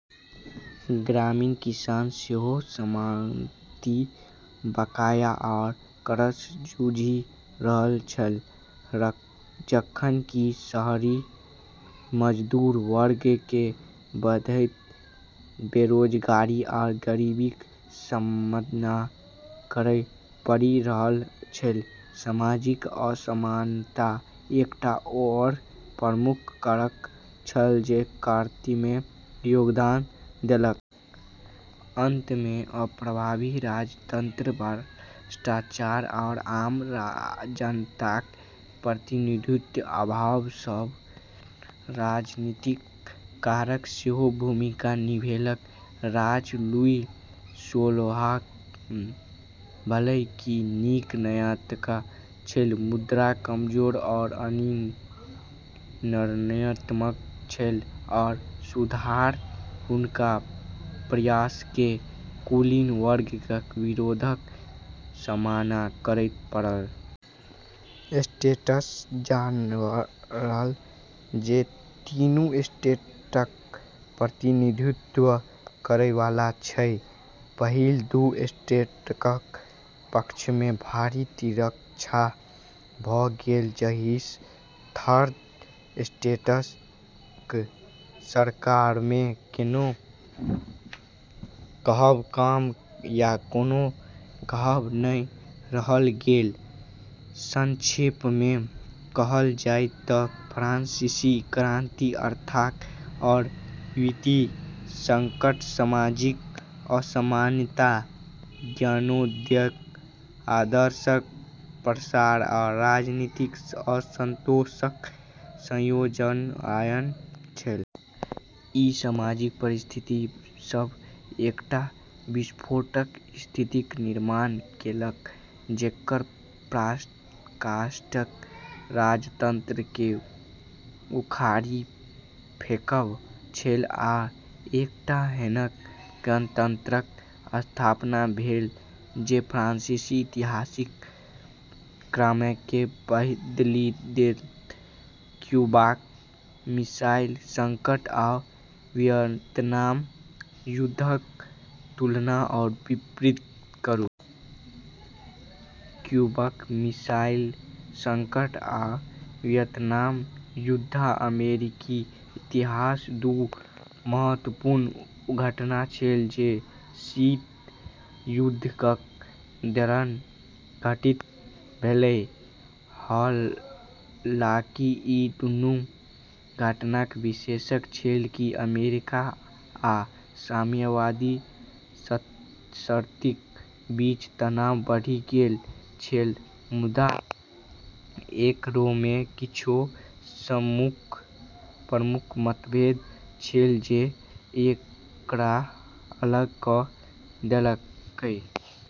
ग्रामीण किसान सेहो सामंती बकाया आ करसँ जूझि रहल छल, जखन कि शहरी मजदूर वर्गकेँ बढ़ैत बेरोजगारी आ गरीबीक सामना करै पड़ि रहल छल। सामाजिक असमानता एकटा आओर प्रमुख कारक छल जे क्रांतिमे योगदान देलक। अंतमे अप्रभावी राजतंत्र, भ्रष्टाचार, आ आम जनताक प्रतिनिधित्वक अभाव सन राजनीतिक कारक सेहो भूमिका निभेलक। राजा लुई सोलहम भले ही नीक नीयतका छल, मुदा कमजोर आ अनिर्णयात्मक छल, आ सुधारक हुनकर प्रयासकेँ कुलीन वर्गक विरोधक सामना करै पड़ल। एस्टेट्स जनरल जे तीनू एस्टेटक प्रतिनिधित्व करै वाला छल, पहिल दू एस्टेटक पक्षमे भारी तिरछा भऽ गेल, जाहिसँ थर्ड एस्टेटक सरकारमे कोनो कहब कम या कोनो कहब नहि रहि गेल। संक्षेपमे कहल जाय तँ फ्रांसीसी क्रांति आर्थिक आ वित्तीय संकट, सामाजिक असमानता, ज्ञानोदयक आदर्शक प्रसार आ राजनीतिक असंतोषक संयोजनसँ आयल छल। ई सामाजिक परिस्थिति सभ एकटा विस्फोटक स्थितिक निर्माण केलक जेकर पराकाष्ठा राजतंत्रकेँ उखाड़ि फेंकब छल आ एकटा एहन गणतंत्रक स्थापना भेल जे फ्रांसीसी इतिहासक क्रमकेँ बदलि देत। क्यूबाक मिसाइल संकट आ वियतनाम युद्धक तुलना आ विपरीत करू। क्यूबाक मिसाइल संकट आ वियतनाम युद्ध अमेरिकी इतिहासक दू महत्वपूर्ण घटना छल जे शीत युद्धक दौरान घटित भेलै। हालांकि ई दूनू घटनाक विशेषता छल कि अमेरिका आ साम्यवादी शक्ति बीच तनाव बढ़ि गेल छल, मुदा एकरामे किछु प्रमुख मतभेद छल जे एकरा अलग कऽ देलकै।